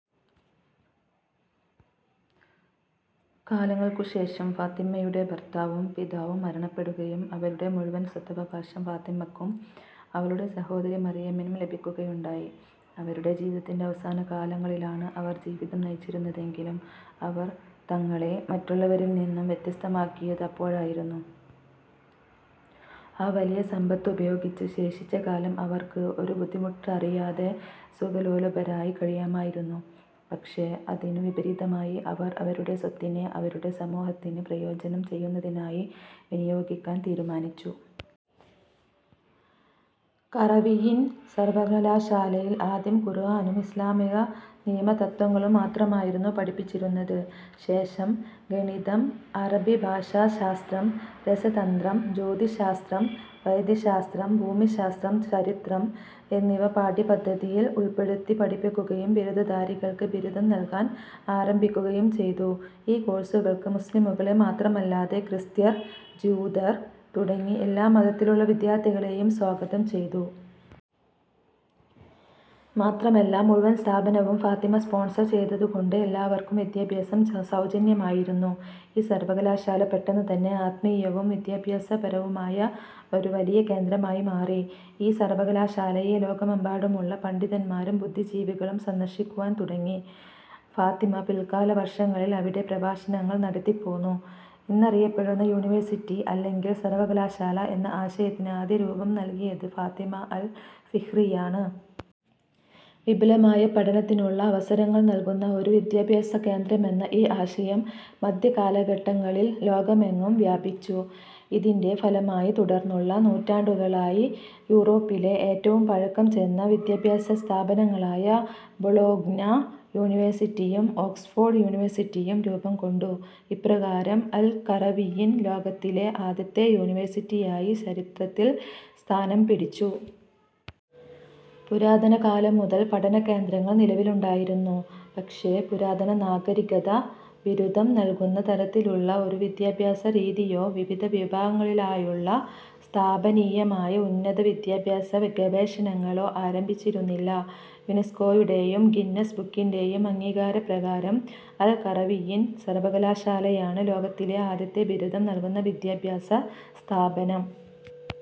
കാലങ്ങൾക്കു ശേഷം ഫാത്തിമ്മയുടെ ഭർത്താവും പിതാവും മരണപ്പെടുകയും അവരുടെ മുഴുവൻ സ്വത്തവകാശം ഫാത്തിമ്മക്കും അവളുടെ സഹോദരി മറിയമിനും ലഭിക്കുകയുണ്ടായി. അവരുടെ ജീവിതത്തിന്റെ അവസാന കാലങ്ങളിലാണ് അവർ ജീവിതം നയിച്ചിരുന്നതെങ്കിലും അവർ തങ്ങളെ മറ്റുള്ളവരിൽ നിന്നും വ്യത്യസ്തമാക്കിയത് അപ്പോഴായിരുന്നു. ആ വലിയ സമ്പത്ത് ഉപയോഗിച്ച് ശേഷിച്ച കാലം അവർക്ക് ഒരു ബുദ്ധിമുട്ടുമറിയാതെ സുഖലോലുപരായി കഴിയാമായിരുന്നു പക്ഷെ അതിനു വിപരീതമായി അവർ അവരുടെ സ്വത്തിനെ അവരുടെ സമൂഹത്തിന് പ്രയോജനം ചെയ്യുന്നതിനായി വിനിയോഗിക്കാൻ തീരുമാനിച്ചു. ഖറവിയ്യിൻ സർവ്വകലാശാലയിൽ ആദ്യം ഖുർആനും ഇസ്ലാമിക നിയമ തത്വങ്ങളും മാത്രമായിരുന്നു പഠിപ്പിച്ചിരുന്നത്. ശേഷം ഗണിതം, അറബി ഭാഷാ ശാസ്ത്രം, രസതന്ത്രം, ജ്യോതിശാസ്ത്രം, വൈദ്യശാസ്ത്രം, ഭൂമിശാസ്ത്രം, ചരിത്രം എന്നിവ പാഠ്യപദ്ധതിയിൽ ഉൾപ്പെടുത്തി പഠിപ്പിക്കുകയും ബിരുദധാരികൾക്ക് ബിരുദം നൽകാൻ ആരംഭിക്കുകയും ചെയ്തു. ഈ കോഴ്സുകൾക്ക് മുസ്ലിമുകളെ മാത്രമല്ലാതെ ക്രിസ്ത്യർ, ജൂതർ തുടങ്ങി എല്ലാ മതത്തിലുള്ള വിദ്യാർത്ഥികളെയും സ്വാഗതം ചെയ്തു. മാത്രമല്ല മുഴുവൻ സ്ഥാപനവും ഫാത്തിമ സ്പോൺസർ ചെയ്തതുകൊണ്ട് എല്ലാവർക്കും വിദ്യാഭ്യാസം സൗജന്യമായിരുന്നു. ഈ സർവകലാശാല പെട്ടെന്ന് തന്നെ ആത്മീയവും വിദ്യാഭ്യാസപരവുമായ ഒരു വലിയ കേന്ദ്രമായി മാറി. ഈ സർവകലാശാലയെ ലോകമെമ്പാടുമുള്ള പണ്ഡിതന്മാരും ബുദ്ധിജീവികളും സന്ദർശിക്കുവാൻ തുടങ്ങി. ഫാത്തിമ പിൽക്കാല വർഷങ്ങളിൽ അവിടെ പ്രഭാഷണങ്ങൾ നടത്തിപൊന്നു. ഇന്നറിയപ്പെടുന്ന യൂണിവേഴ്സിറ്റി അല്ലെങ്കിൽ സർവ്വകലാശാല എന്ന ആശയത്തിന് ആദ്യം രൂപം നൽകിയത് ഫാത്തിമ അൽ ഫിഹ്രിയാണ്. വിപുലമായ പഠനത്തിനുള്ള അവസരങ്ങൾ നൽകുന്ന ഒരു വിദ്യാഭ്യാസ കേന്ദ്രമെന്ന ഈ ആശയം മധ്യകാലഘട്ടങ്ങളിൽ ലോകമെങ്ങും വ്യാപിച്ചു. ഇതിന്റെ ഫലമായി തുടർന്നുള്ള നൂറ്റാണ്ടുകളായി യൂറോപ്പിലെ ഏറ്റവും പഴക്കം ചെന്ന വിദ്യാഭ്യാസ സ്ഥാപനങ്ങളായ ബൊളോഗ്ന യൂണിവേഴ്സിറ്റിയും ഓക്സ്ഫോർഡ് യൂണിവേഴ്സിറ്റിയും രൂപം കൊണ്ടു. ഇപ്രകാരം അൽ ഖറവിയ്യിൻ ലോകത്തിലെ ആദ്യത്തെ യൂണിവേഴ്സിറ്റിയായി ചരിത്രത്തിൽ സ്ഥാനം പിടിച്ചു. പുരാതന കാലം മുതൽ പഠന കേന്ദ്രങ്ങൾ നിലവിലുണ്ടായിരുന്നു, പക്ഷെ പുരാതന നാഗരികത ബിരുദം നൽകുന്ന തരത്തിലുള്ള ഒരു വിദ്യാഭ്യാസ രീതിയോ വിവിധ വിഭാഗങ്ങളിലായുള്ള സ്ഥാപനീയമായ ഉന്നത വിദ്യാഭ്യാസ ഗവേഷണങ്ങളോ ആരംഭിച്ചിരുന്നില്ല. യുനെസ്കോയുടെയും ഗിന്നസ് ബുക്കിന്റെയും അംഗീകാര പ്രകാരം അൽ ഖറവിയ്യിൻ സർവകലാശാലയാണ് ലോകത്തിലെ ആദ്യത്തെ ബിരുദം നൽകുന്ന വിദ്യാഭ്യാസ സ്ഥാപനം.